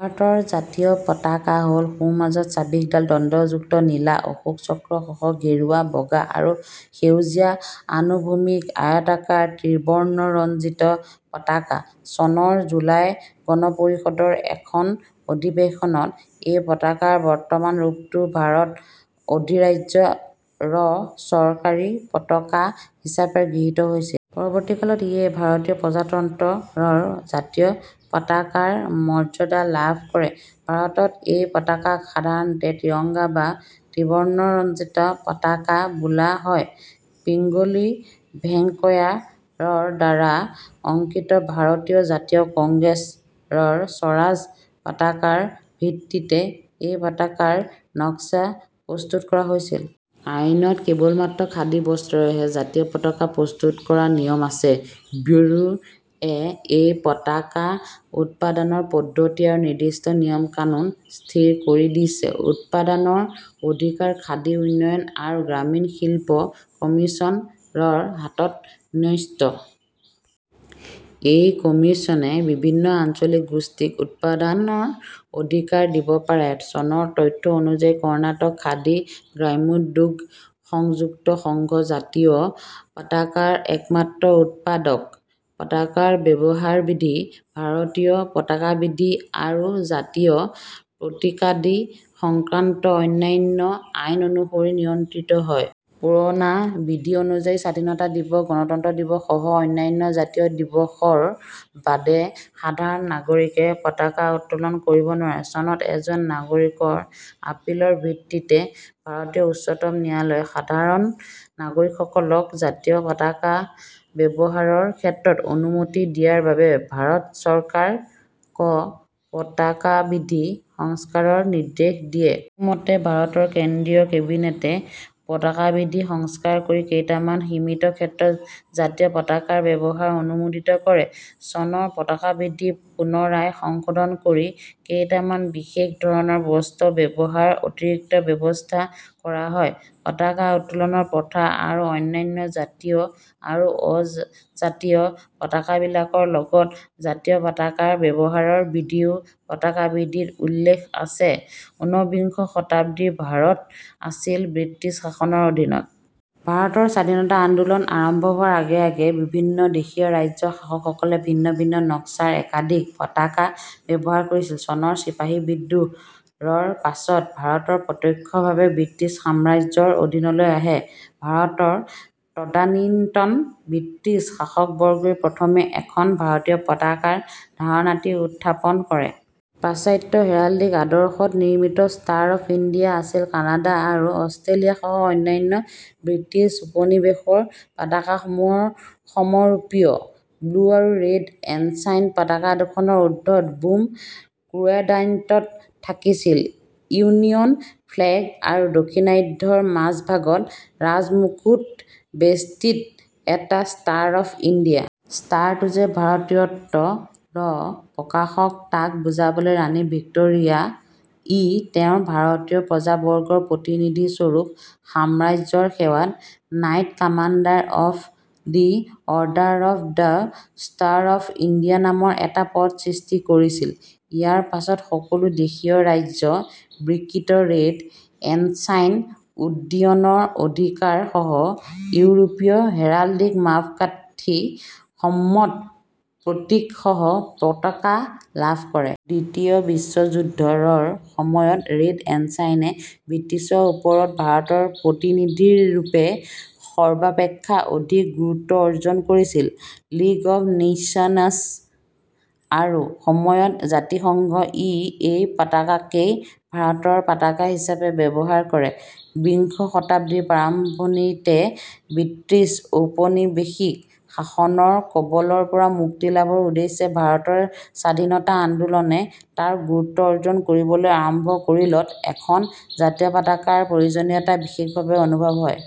ভাৰতৰ জাতীয় পতাকা হ'ল সোঁমাজত চৌব্বিশডাল দণ্ডযুক্ত নীলা অশোক চক্ৰ সহ গেৰুৱা, বগা আৰু সেউজীয়া আনুভূমিক আয়তাকাৰ ত্ৰিবৰ্ণৰঞ্জিত পতাকা। চনৰ জুলাই গণপৰিষদৰ এখন অধিবেশনত এই পতাকাৰ বৰ্তমান ৰূপটো ভাৰত অধিৰাজ্য ৰ চৰকাৰী পতকা হিচাবে গৃহীত হৈছিল। পৰৱৰ্তীকালত ইয়ে ভাৰতীয় প্ৰজাতন্ত্ৰ ৰ জাতীয় পতাকাৰ মৰ্যাদা লাভ কৰে। ভাৰতত এই পতাকাক সাধাৰণতে "ত্ৰিৰঙ্গা" বা "ত্ৰিবৰ্ণৰঞ্জিত পতাকা" বোলা হয়। পিঙ্গলি ভেংকয়া ৰ দ্বাৰা অংকিত ভাৰতীয় জাতীয় কংগ্ৰেছ ৰ "স্বৰাজ" পতাকাৰ ভিত্তিতে এই পতাকাৰ নক্সা প্ৰস্তুত কৰা হৈছিল। আইনত:, কেৱলমাত্ৰ খাদী বস্ত্ৰৰেহে জাতীয় পতাকা প্ৰস্তুত কৰাৰ নিয়ম আছে। ব্যুৰো ৱে এই পতাকা উৎপাদনৰ পদ্ধতি আৰু নিৰ্দিষ্ট নিয়ম-কানুন স্থিৰ কৰি দিছে। উৎপাদনৰ অধিকাৰ খাদী উন্নয়ন আৰু গ্ৰামীণ শিল্প কমিশ্যন ৰ হাতত ন্যস্ত। এই কমিশ্যনে বিভিন্ন আঞ্চলিক গোষ্ঠীক উৎপাদনৰ অধিকাৰ দিব পাৰে। চনৰ তথ্য অনুযায়ী, কৰ্ণাটক খাদী গ্ৰামোদ্যোগ সংযুক্ত সংঘ জাতীয় পতাকাৰ একমাত্ৰ উৎপাদক। পতাকাৰ ব্যৱহাৰবিধি " ভাৰতীয় পতাকাবিধি " আৰু জাতীয় প্ৰতীকাদি সংক্ৰান্ত অন্যান্য আইন অনুসৰি নিয়ন্ত্ৰিত হয়। পুৰণা বিধি অনুযায়ী, স্বাধীনতা দিৱস, গণতন্ত্ৰ দিৱস সহ অন্যান্য জাতীয় দিৱসৰ বাদে সাধাৰণ নাগৰিকে পতাকা উত্তোলন কৰিব নোৱাৰে। চনত, এজন নাগৰিকৰ আপিলৰ ভিত্তিতে ভাৰতীয় উচ্চতম ন্যায়ালয়ে সাধাৰণ নাগৰিকসকলক জাতীয় পতাকা ব্যৱহাৰৰ ক্ষেত্ৰত অনুমতি দিয়াৰ বাবে ভাৰত চৰকাৰ ক পতাকাবিধি সংস্কাৰৰ নিৰ্দেশ দিয়ে। সেই মতে ভাৰতৰ কেন্দ্ৰীয় কেবিনেটে পতাকাবিধি সংস্কাৰ কৰি কেইটামান সীমিত ক্ষেত্ৰত জাতীয় পতাকাৰ ব্যৱহাৰ অনুমোদিত কৰে। চনত পতাকাবিধি পুনৰায় সংশোধন কৰি কেইটামান বিশেষ ধৰণৰ বস্ত্ৰ ব্যৱহাৰৰ অতিৰিক্ত ব্যবস্থা কৰা হয়। পতাকা উত্তোলনৰ প্ৰথা আৰু অন্যান্য জাতীয় আৰু অ-জাতীয় পতাকাবিলাকৰ লগত জাতীয় পতাকা ব্যৱহাৰৰ বিধিও পতাকাবিধিত উল্লেখ আছে ঊনবিংশ শতাব্দীত ভাৰত আছিল ব্ৰিটিছ শাসনৰ অধীনত। ভাৰতৰ স্বাধীনতা আন্দোলন আৰম্ভ হোৱাৰ আগে আগে বিভিন্ন দেশীয় ৰাজ্যৰ শাসকসকলে ভিন্ন ভিন্ন নক্সাৰ একাধিক পতাকা ব্যৱহাৰ কৰিছিল। চনৰ চিপাহী বিদ্ৰোহ ৰ পাছত ভাৰত প্ৰত্যক্ষভাৱে ব্ৰিটিছ সাম্ৰাজ্যৰ অধীনলৈ আহে। ভাৰতৰ তদানীন্তন ব্ৰিটিছ শাসকবৰ্গই প্ৰথমে এখন ভাৰতীয় পতাকাৰ ধাৰণাটি উত্থাপন কৰে। পাশ্চাত্য হেৰাল্ডিক আদৰ্শত নিৰ্মিত ষ্টাৰ অফ ইণ্ডিয়া আছিল কানাডা আৰু অষ্ট্ৰেলিয়া সহ অন্যান্য ব্ৰিটিছ উপনিবেশৰ পতাকাসমূহৰ সমৰূপীয়। ব্লু আৰু ৰেড এনচাইন পতাকাদুখনৰ ঊৰ্ধ্বত-বাম কোয়াড্ৰ্যাণ্টত থাকিছিল ইউনিয়ন ফ্লেগ আৰু দক্ষিণাৰ্ধ্বৰ মাজভাগত ৰাজমুকুট-বেষ্টিত এটা ষ্টাৰ অফ ইণ্ডিয়া। ষ্টাৰটো যে "ভাৰতীয়ত্ব"-ৰ প্ৰকাশক, তাক বুজাবলৈ ৰাণী ভিক্টোৰিয়া ই তেওঁৰ ভাৰতীয় প্ৰজাবৰ্গৰ প্ৰতিনিধিস্বৰূপ সাম্ৰাজ্যৰ সেৱাত " knight commander of the order of the star of India " নামৰ এটা পদ সৃষ্টি কৰিছিল। ইয়াৰ পাছত সকলো দেশীয় ৰাজ্য বিকৃত ৰেড এনচাইন উড্ডীয়নৰ অধিকাৰ সহ ইউৰোপীয় হেৰাল্ডিক মাপকাঠি-সম্মত প্ৰতীকসহ পতাকা লাভ কৰে। দ্বিতীয় বিশ্বযুদ্ধ ৰ সময়ত ৰেড এনচাইনে ব্ৰিটিছৰ ওপৰত ভাৰতৰ প্ৰতিনিধিৰৰূপে সৰ্বাপেক্ষা অধিক গুৰুত্ব অৰ্জন কৰিছিল। লিগ অফ নেশ্যনচ আৰু - সময়ত জাতিসংঘ ই এই পতাকাকেই ভাৰতৰ পতাকা হিচাপে ব্যৱহাৰ কৰে। বিংশ শতাব্দীৰ প্ৰাৰম্ভণিতে ব্ৰিটিচ ঔপনিবেশিক শাসনৰ কবলৰ পৰা মুক্তিলাভৰ উদ্দেশ্যে ভাৰতৰ স্বাধীনতা আন্দোলনে তাৰ গুৰুত্ব অৰ্জন কৰিবলৈ আৰম্ভ কৰিলত, এখন জাতীয় পতাকাৰ প্ৰয়োজনীয়তা বিশেষভাৱে অনুভূত হয়।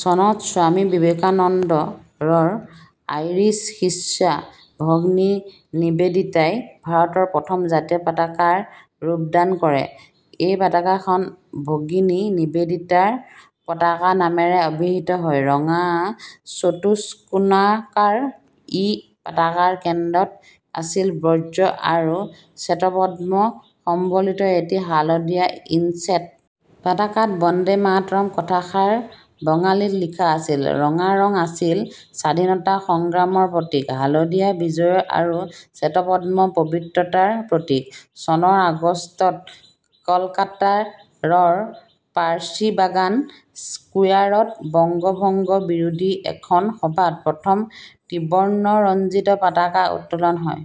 চনত স্বামী বিবেকানন্দ ৰ আইৰিচ শিষ্যা ভগ্নী নিবেদিতাই ভাৰতৰ প্ৰথম জাতীয় পতাকাৰ ৰূপদান কৰে। এই পতাকাখন ভগিনী নিবেদিতাৰ পতাকা নামেৰে অভিহিত হয়। ৰঙা চতুষ্কোণাকাৰ ই পতাকাৰ কেন্দ্ৰত আছিল বজ্ৰ আৰু শ্বেতপদ্ম সম্বলিত এটি হালধীয়া ইনচেট। পতাকাত "বন্দে মাতৰম" কথাষাৰ বঙালীত লিখা আছিল। ৰঙা ৰং আছিল স্বাধীনতা সংগ্ৰামৰ প্ৰতীক, হালধীয়া বিজয়ৰ আৰু শ্বেতপদ্ম পবিত্ৰতাৰ প্ৰতীক। চনৰ আগষ্টত কলকাতা ৰ পাৰ্চিবাগান স্কোয়াৰত বংগ ভংগ বিৰোধী এখন সভাত প্ৰথম ত্ৰিবৰ্ণৰঞ্জিত পতাকা উত্তোলন হয়।